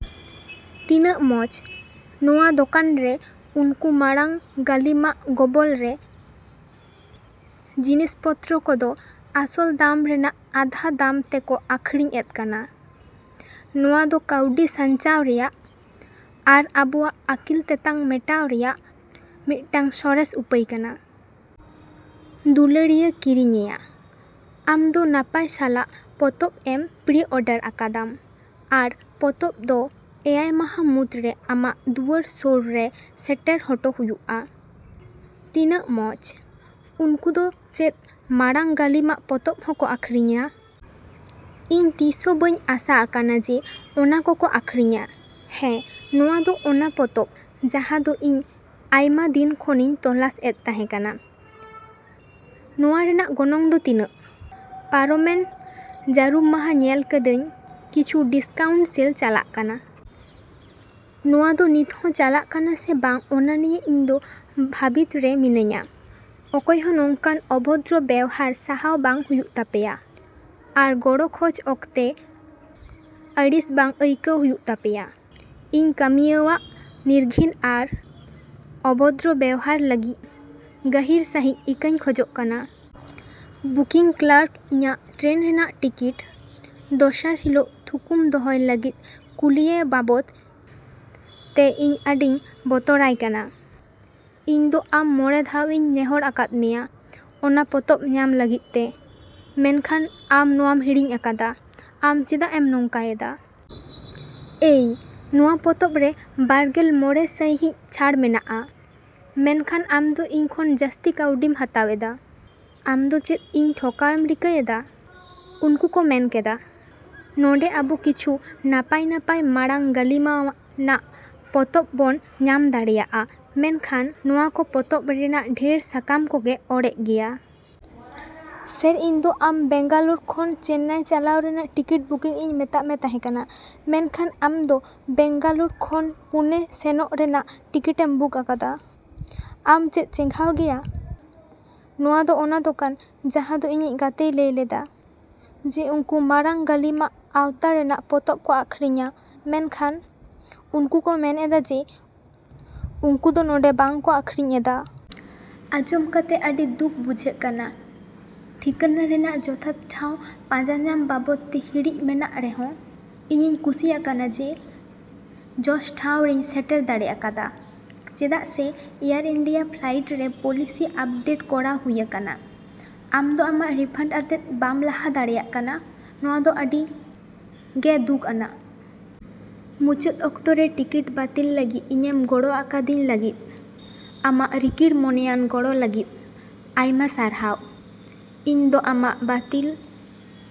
ᱛᱤᱱᱟᱜ ᱢᱚᱸᱡᱽ! ᱱᱚᱣᱟ ᱫᱚᱠᱟᱱ ᱨᱮ ᱩᱱᱠᱩ ᱢᱟᱲᱟᱝ ᱜᱟᱹᱞᱤᱢᱟᱜ ᱜᱚᱵᱚᱞᱨᱮ ᱡᱤᱱᱤᱥ ᱯᱚᱛᱨᱚ ᱠᱚᱫᱚ ᱟᱥᱚᱞ ᱫᱟᱢ ᱨᱮᱭᱟᱜ ᱟᱫᱷᱟ ᱫᱟᱢ ᱛᱮᱠᱚ ᱟᱹᱠᱷᱨᱤᱧ ᱮᱫ ᱠᱟᱱᱟ᱾ ᱱᱚᱣᱟ ᱫᱚ ᱠᱟᱹᱣᱰᱤ ᱥᱟᱧᱪᱟᱣ ᱨᱮᱭᱟᱜ ᱟᱨ ᱟᱵᱚᱣᱟᱜ ᱟᱹᱠᱤᱞ ᱛᱮᱛᱟᱝ ᱢᱮᱴᱟᱣ ᱨᱮᱭᱟᱜ ᱢᱤᱫᱴᱟᱝ ᱥᱚᱨᱮᱥ ᱩᱯᱟᱹᱭ ᱠᱟᱱᱟ᱾ ᱫᱩᱞᱟᱹᱲᱤᱭᱟᱹ ᱠᱤᱨᱤᱧᱤᱭᱟᱹ! ᱟᱢ ᱫᱚ ᱱᱟᱯᱟᱭ ᱥᱟᱞᱟᱜ ᱯᱛᱚᱵ ᱮᱢ ᱯᱨᱤᱼᱚᱰᱟᱨ ᱟᱠᱟᱫᱟᱢ ᱟᱨ ᱯᱚᱛᱚᱵ ᱫᱚ ᱮᱭᱟᱭ ᱢᱟᱦᱟ ᱢᱩᱫᱽᱨᱮ ᱟᱢᱟᱜ ᱫᱩᱣᱟᱹᱨ ᱥᱳᱨ ᱨᱮ ᱥᱮᱴᱮᱨ ᱦᱚᱴᱚ ᱦᱩᱭᱩᱜᱼᱟ᱾ ᱛᱤᱱᱟᱜ ᱢᱚᱸᱡᱽ! ᱩᱱᱠᱩ ᱫᱚ ᱪᱮᱫ ᱢᱟᱲᱟᱝ ᱜᱟᱹᱞᱤᱢᱟᱜ ᱯᱚᱛᱚᱵ ᱦᱚᱠᱚ ᱟᱹᱠᱷᱨᱤᱧᱟ᱾ ᱤᱧ ᱛᱤᱥᱦᱚ ᱵᱟᱹᱧ ᱟᱥᱟ ᱟᱠᱟᱱᱟ ᱡᱮ ᱚᱱᱟ ᱠᱚ ᱠᱚ ᱟᱹᱠᱷᱨᱤᱧᱟ᱾ ᱦᱮᱸ! ᱱᱚᱣᱟ ᱫᱚ ᱚᱱᱟ ᱯᱚᱛᱚᱵ ᱡᱟᱦᱟ ᱫᱚ ᱤᱧ ᱟᱭᱢᱟ ᱫᱤᱱ ᱠᱷᱚᱱᱤᱧ ᱛᱚᱞᱟᱥ ᱮᱫ ᱠᱟᱱ ᱛᱟᱦᱮᱸ ᱠᱟᱱᱟ᱾ ᱱᱚᱣᱟ ᱨᱮᱭᱟᱜ ᱜᱚᱱᱚᱝ ᱫᱚ ᱛᱤᱱᱟᱹᱜ? ᱯᱟᱨᱚᱢᱮᱱ ᱡᱟᱹᱨᱩᱢ ᱢᱟᱦᱟ ᱧᱮᱞ ᱠᱮᱫᱟᱹᱧ ᱠᱤᱪᱷᱩ ᱰᱤᱥᱠᱟᱣᱩᱱᱴ ᱥᱮᱞ ᱪᱟᱞᱟᱜ ᱠᱟᱱᱟ᱾ ᱱᱚᱣᱟ ᱫᱚ ᱱᱤᱛᱦᱚᱸ ᱪᱟᱞᱟᱜ ᱠᱟᱱᱟ ᱥᱮ ᱵᱟᱝ ᱚᱱᱟ ᱱᱤᱭᱟᱹ ᱤᱧ ᱫᱚ ᱵᱷᱟᱹᱵᱤᱛ ᱨᱮ ᱢᱤᱱᱟᱹᱧᱟ᱾ ᱚᱠᱚᱭᱦᱚ ᱱᱚᱝᱠᱟᱱ ᱚᱵᱷᱚᱫᱨᱚ ᱵᱮᱣᱦᱟᱨ ᱥᱟᱦᱟᱣ ᱵᱟᱝ ᱦᱩᱭᱩᱜ ᱛᱟᱯᱮᱭᱟ ᱟᱨ ᱜᱚᱲᱚ ᱠᱷᱚᱡ ᱚᱠᱛᱮ ᱟᱹᱲᱤᱥ ᱵᱟᱝ ᱟᱹᱭᱠᱟᱹᱣ ᱦᱩᱭᱩᱜ ᱛᱟᱯᱮᱭᱟ᱾ ᱤᱧ ᱠᱟᱹᱢᱤᱭᱟᱹᱣᱟᱜ ᱱᱤᱨᱜᱷᱤᱱ ᱟᱨ ᱚᱵᱷᱚᱫᱨᱚ ᱵᱮᱣᱦᱟᱨ ᱞᱟᱹᱜᱤᱫ ᱜᱟᱹᱦᱤᱨ ᱥᱟᱹᱦᱤᱡ ᱤᱠᱟᱹᱧ ᱠᱷᱚᱡᱚᱜ ᱠᱟᱱᱟ᱾ ᱵᱩᱠᱤᱝ ᱠᱞᱟᱨᱠ ᱤᱧᱟᱜ ᱴᱨᱮᱱ ᱨᱮᱭᱟᱜ ᱴᱤᱠᱤᱴ ᱫᱚᱥᱟᱨ ᱦᱤᱞᱳᱜ ᱛᱷᱩᱠᱩᱢ ᱫᱚᱦᱚᱭ ᱞᱟᱹᱜᱤᱫ ᱠᱩᱞᱤᱭᱮ ᱵᱟᱵᱚᱫ ᱛᱮ ᱤᱧ ᱟᱹᱰᱤᱧ ᱵᱚᱛᱚᱨᱟᱭ ᱠᱟᱱᱟ᱾ ᱤᱧ ᱫᱚ ᱟᱢ ᱢᱚᱸᱬᱮ ᱫᱷᱟᱣ ᱤᱧ ᱱᱮᱦᱚᱨ ᱟᱠᱟᱫ ᱢᱮᱭᱟ ᱚᱱᱟ ᱯᱚᱛᱚᱵ ᱧᱟᱢ ᱞᱟᱹᱜᱤᱫ ᱛᱮ, ᱢᱮᱱᱠᱷᱟᱱ ᱟᱢ ᱱᱚᱣᱟᱢ ᱦᱤᱲᱤᱧ ᱟᱠᱟᱫᱟ, ᱟᱢ ᱪᱮᱫᱟᱜ ᱮᱢ ᱱᱚᱝᱠᱟᱭᱮᱫᱟ? ᱮᱭ! ᱱᱚᱣᱟ ᱯᱚᱛᱚᱵ ᱨᱮ ᱵᱟᱨ ᱜᱮᱞ ᱢᱚᱸᱬᱮ ᱥᱟᱭᱦᱤᱸᱥ ᱪᱷᱟᱹᱲ ᱢᱮᱱᱟᱜᱼᱟ, ᱢᱮᱱᱠᱷᱟᱱ ᱟᱢ ᱫᱚ ᱤᱧ ᱠᱷᱚᱱ ᱡᱟᱹᱥᱛᱤ ᱠᱟᱹᱣᱰᱤᱢ ᱦᱟᱛᱟᱣ ᱮᱫᱟ᱾ ᱟᱢ ᱫᱚ ᱪᱮᱫ ᱤᱧ ᱴᱷᱚᱠᱟᱣᱮᱢ ᱨᱤᱠᱟᱹᱭᱮᱫᱟ? ᱩᱱᱠᱩ ᱠᱚ ᱢᱮᱱ ᱠᱮᱫᱟ, ᱱᱚᱰᱮᱸ ᱟᱵᱚ ᱠᱤᱪᱷᱩ ᱱᱟᱯᱟᱭ ᱱᱟᱯᱟᱭ ᱢᱟᱲᱟᱝ ᱜᱟᱹᱞᱤᱢᱟᱱᱟᱜ ᱯᱚᱛᱚᱵ ᱵᱚᱱ ᱧᱟᱢ ᱫᱟᱲᱮᱭᱟᱜᱼᱟ ᱢᱮᱱᱠᱷᱟᱱ ᱱᱚᱣᱟ ᱠᱚ ᱯᱚᱛᱚᱵ ᱨᱮᱭᱟᱜ ᱰᱷᱮᱨ ᱥᱟᱠᱟᱢ ᱠᱚᱜᱮ ᱚᱲᱮᱡ ᱜᱮᱭᱟ᱾ ᱥᱮᱹᱨ! ᱤᱧ ᱫᱚ ᱟᱢ ᱵᱮᱝᱜᱟᱞᱳᱨ ᱠᱷᱚᱱ ᱪᱮᱱᱱᱟᱭ ᱪᱟᱞᱟᱣ ᱨᱮᱭᱟᱜ ᱴᱤᱠᱤᱴ ᱵᱩᱠᱤᱝ ᱤᱧ ᱢᱮᱛᱟᱫ ᱢᱮ ᱛᱟᱦᱮᱸ ᱠᱟᱱᱟ ᱢᱮᱱ ᱠᱷᱟᱱ ᱟᱢ ᱫᱚ ᱵᱮᱝᱜᱟᱞᱳᱨ ᱠᱷᱚᱱ ᱯᱩᱱᱮ ᱥᱮᱱᱚᱜ ᱨᱮᱭᱟᱜ ᱴᱤᱠᱤᱴᱮᱢ ᱵᱩᱠ ᱟᱠᱟᱫᱟ᱾ ᱟᱢ ᱪᱮᱫ ᱪᱮᱸᱜᱷᱟᱣ ᱜᱮᱭᱟ? ᱱᱚᱶᱟ ᱫᱚ ᱚᱱᱟ ᱫᱳᱠᱟᱱ ᱡᱟᱦᱟᱸ ᱫᱚ ᱤᱧᱤᱡ ᱜᱟᱛᱮᱭ ᱞᱟᱹᱭ ᱞᱮᱫᱟ ᱡᱮ ᱩᱝᱠᱩ ᱢᱟᱲᱟᱝ ᱜᱟᱹᱞᱤᱢᱟᱜ ᱟᱣᱛᱟ ᱨᱮᱱᱟᱜ ᱯᱚᱛᱚᱵ ᱠᱚ ᱟᱹᱠᱷᱨᱤᱧᱼᱟ ᱢᱮᱱᱠᱷᱟᱱ ᱩᱱᱠᱩ ᱠᱚ ᱢᱮᱱ ᱮᱫᱟ ᱡᱮ ᱩᱝᱠᱩ ᱫᱚ ᱱᱚᱰᱮᱸ ᱵᱟᱝ ᱠᱚ ᱟᱹᱠᱷᱨᱤᱧ ᱮᱫᱟ᱾ ᱟᱸᱡᱚᱢ ᱠᱟᱛᱮᱫ ᱟᱹᱰᱤ ᱫᱩᱠᱷ ᱵᱩᱡᱷᱟᱹᱜ ᱠᱟᱱᱟ᱾ ᱴᱷᱤᱠᱟᱹᱱᱟ ᱨᱮᱭᱟᱜ ᱡᱚᱛᱷᱟᱛ ᱴᱷᱟᱶ ᱯᱟᱸᱡᱟᱧᱟᱢ ᱵᱟᱵᱚᱫ ᱛᱮ ᱦᱤᱸᱫᱤᱡ ᱢᱮᱱᱟᱜ ᱨᱮᱦᱚ, ᱤᱧᱤᱧ ᱠᱩᱥᱤ ᱟᱠᱟᱱᱟ ᱡᱮ ᱡᱚᱥ ᱴᱷᱟᱶ ᱨᱮᱧ ᱥᱮᱴᱮᱨ ᱰᱟᱲᱮ ᱟᱠᱟᱫᱟ᱾ ᱪᱮᱫᱟᱜ ᱥᱮ ᱮᱭᱟᱨ ᱤᱱᱰᱤᱭᱟ ᱯᱷᱞᱟᱭᱤᱴ ᱨᱮ ᱯᱚᱞᱤᱥᱤ ᱟᱯᱰᱮᱴ ᱠᱚᱨᱟᱣ ᱦᱩᱭᱟᱠᱟᱱᱟ, ᱟᱢ ᱫᱚ ᱟᱢᱟᱜ ᱨᱤᱯᱷᱟᱱᱰ ᱟᱛᱮᱫ ᱵᱟᱢ ᱞᱟᱦᱟ ᱫᱟᱲᱮᱭᱟᱜ ᱠᱟᱱᱟ, ᱱᱚᱣᱟ ᱫᱚ ᱟᱹᱰᱤ ᱜᱮ ᱫᱩᱠᱷ ᱟᱱᱟᱜ᱾ ᱢᱩᱪᱟᱹᱫ ᱚᱠᱛᱚ ᱨᱮ ᱴᱤᱠᱤᱴ ᱵᱟᱹᱛᱤᱞ ᱞᱟᱹᱜᱤᱫ ᱤᱧᱮᱢ ᱜᱚᱲᱚ ᱟᱠᱟᱫᱤᱧ ᱞᱟᱹᱜᱤᱫ ᱟᱢᱟᱜ ᱨᱤᱠᱤᱲ ᱢᱚᱱᱮᱭᱟᱱ ᱜᱚᱲᱚ ᱞᱟᱹᱜᱤᱫ ᱟᱭᱢᱟ ᱥᱟᱨᱦᱟᱣ, ᱤᱧ ᱫᱚ ᱟᱢᱟᱜ ᱵᱟᱹᱛᱤᱞᱼᱼ